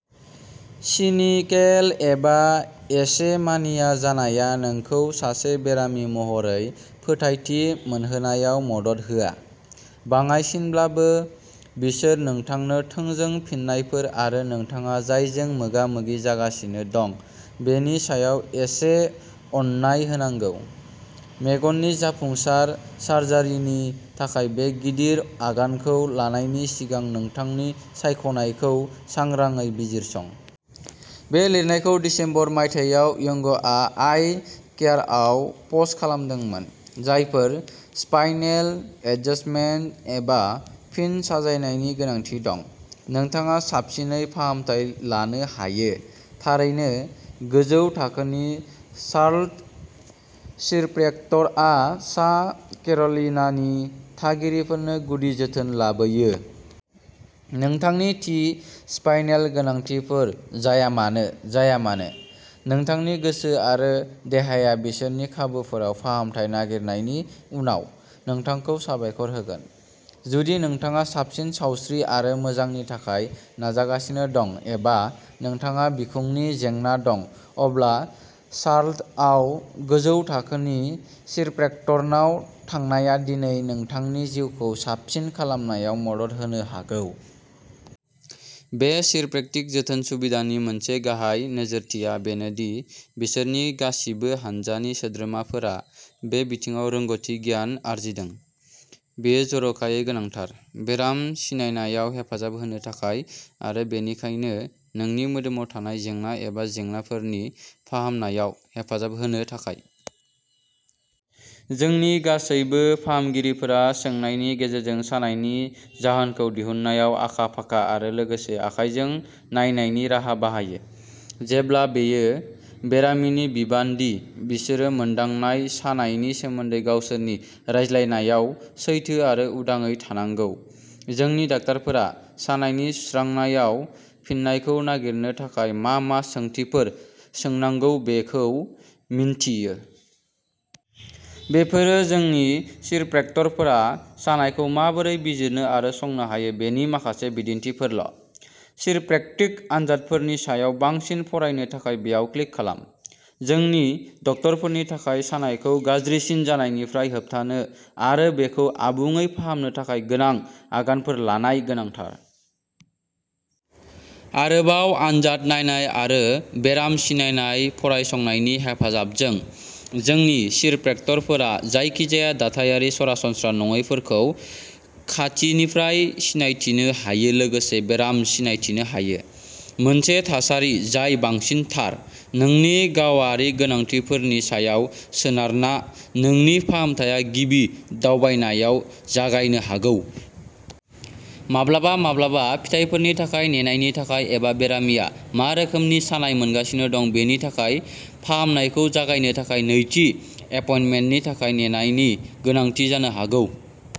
सिनिकेल एबा एसे मानिया जानाया नोंखौ सासे बेरामि महरै फोथायथि मोनहोनायाव मदद होआ। बाङाइसिनब्लाबो, बिसोर नोंथांनो थोंजों फिन्नायफोर आरो नोंथाङा जायजों मोगा-मोगि जागासिनो दं बेनि सायाव एसे अननाय होनांगौ। मेगननि जाफुंसार सार्जारिनि थाखाय बे गिदिर आगानखौ लानायनि सिगां नोंथांनि सायख'नायखौ सांग्राङै बिजिरसं। बे लिरनायखौ दिसेम्बर, मायथाइयाव यंगआ आइ केयारआव पस्ट खालामदोंमोन। जायफोरा स्पाइनेल एडजस्टमेन्ट एबा फिन साजायनायनि गोनांथि दं, नोंथाङा साबसिनै फाहामथाय लानो हायो। थारैनो, गोजौ थाखोनि शार्लट चिरप्रेक्टरआ सा केर'लिनानि थागिरिफोरनो गुदि जोथोन लाबोयो। नोंथांनि थि स्पाइनेल गोनांथिफोर जायामानो जाया मानो, नोंथांनि गोसो आरो देहाया बिसोरनि खाबुफोराव फाहामथाय नागिरनायनि उनाव नोंथांखौ साबायखर होगोन। जुदि नोंथाङा साबसिन सावस्रि आरो मोजांनि थाखाय नाजागासिनो दं एबा नोंथांहा बिखुंनि जेंना दं, अब्ला शार्लटआव गोजौ थाखोनि चिरप्रेक्टरनाव थांनाया दिनै नोंथांनि जिउखौ साबसिन खालामनायाव मदद होनो हागौ। बे चिरप्रेक्टिक जोथोन सुबिदानि मोनसे गाहाय नोजोरथिआ बेनो दि बिसोरनि गासिबो हानजानि सोद्रोमाफोरा बे बिथिङाव रोंग'थि गियान आरजिदों। बेयो जर'खायै गोनांथार। बेराम सिनायनायाव हेफाजाब होनो थाखाय आरो बेनिखायनो नोंनि मोदोमाव थानाय जेंना एबा जेंनाफोरनि फाहामनायाव हेफाजाब होनो थाखाय। जोंनि गासैबो फाहामगिरिफोरा सोंनायनि गेजेरजों सानायनि जाहोनखौ दिहुननायाव आखा-फाखा आरो लोगोसे आखायजों नायनायनि राहा बाहायो। जेब्ला बेयो बेरामिनि बिबान दि बिसोरो मोनदांनाय सानायनि सोमोन्दै गावसोरनि रायज्लायनायाव सैथो आरो उदाङै थानांगौ, जोंनि डाक्टारफोरा सानायनि सुस्रांनायाव फिननायखौ नागिरनो थाखाय मा-मा सोंथिफोर सोंनांगौ बेखौ मिन्थियो। बेफोरो जोंनि चिरप्रेक्टरफोरा सानायखौ माबोरै बिजिरनो आरो संनो हायो बेनि माखासे बिदिन्थिफोरल'। चिरप्रेक्टिक आनजादफोरनि सायाव बांसिन फरायनो थाखाय बेयाव क्लिक खालाम। जोंनि डक्टरफोरनि थाखाय सानायखौ गाज्रिसिन जानायनिफ्राय होबथानो आरो बेखौ आबुङै फाहामनो थाखाय गोनां आगानफोर लानाय गोनांथार। आरोबाव आनजाद नायनाय आरो बेराम सिनायनाय फरायसंनायनि हेफाजाबजों, जोंनि चिरप्रेक्टरफोरा जायखिजाया दाथायारि सरासनस्रा नङैफोरखौ खाथिनिफ्राय सिनायथिनो हायो लोगोसे बेराम सिनायथिनो हायो। मोनसे थासारि जाय बांसिन थार। नोंनि गावारि गोनांथिफोरनि सायाव सोनारना, नोंनि फाहामथाया गिबि दावबायनायाव जागायनो हागौ। माब्लाबा माब्लाबा फिथायफोरनि थाखाय नेनायनि थाखाय एबा बेरामिया मा रोखोमनि सानाय मोनगासिनो दं बिनि थाखाय फाहामनायखौ जागायनो थाखाय नैथि एपइन्टमेन्टनि थाखाय नेनायनि गोनांथि जानो हागौ।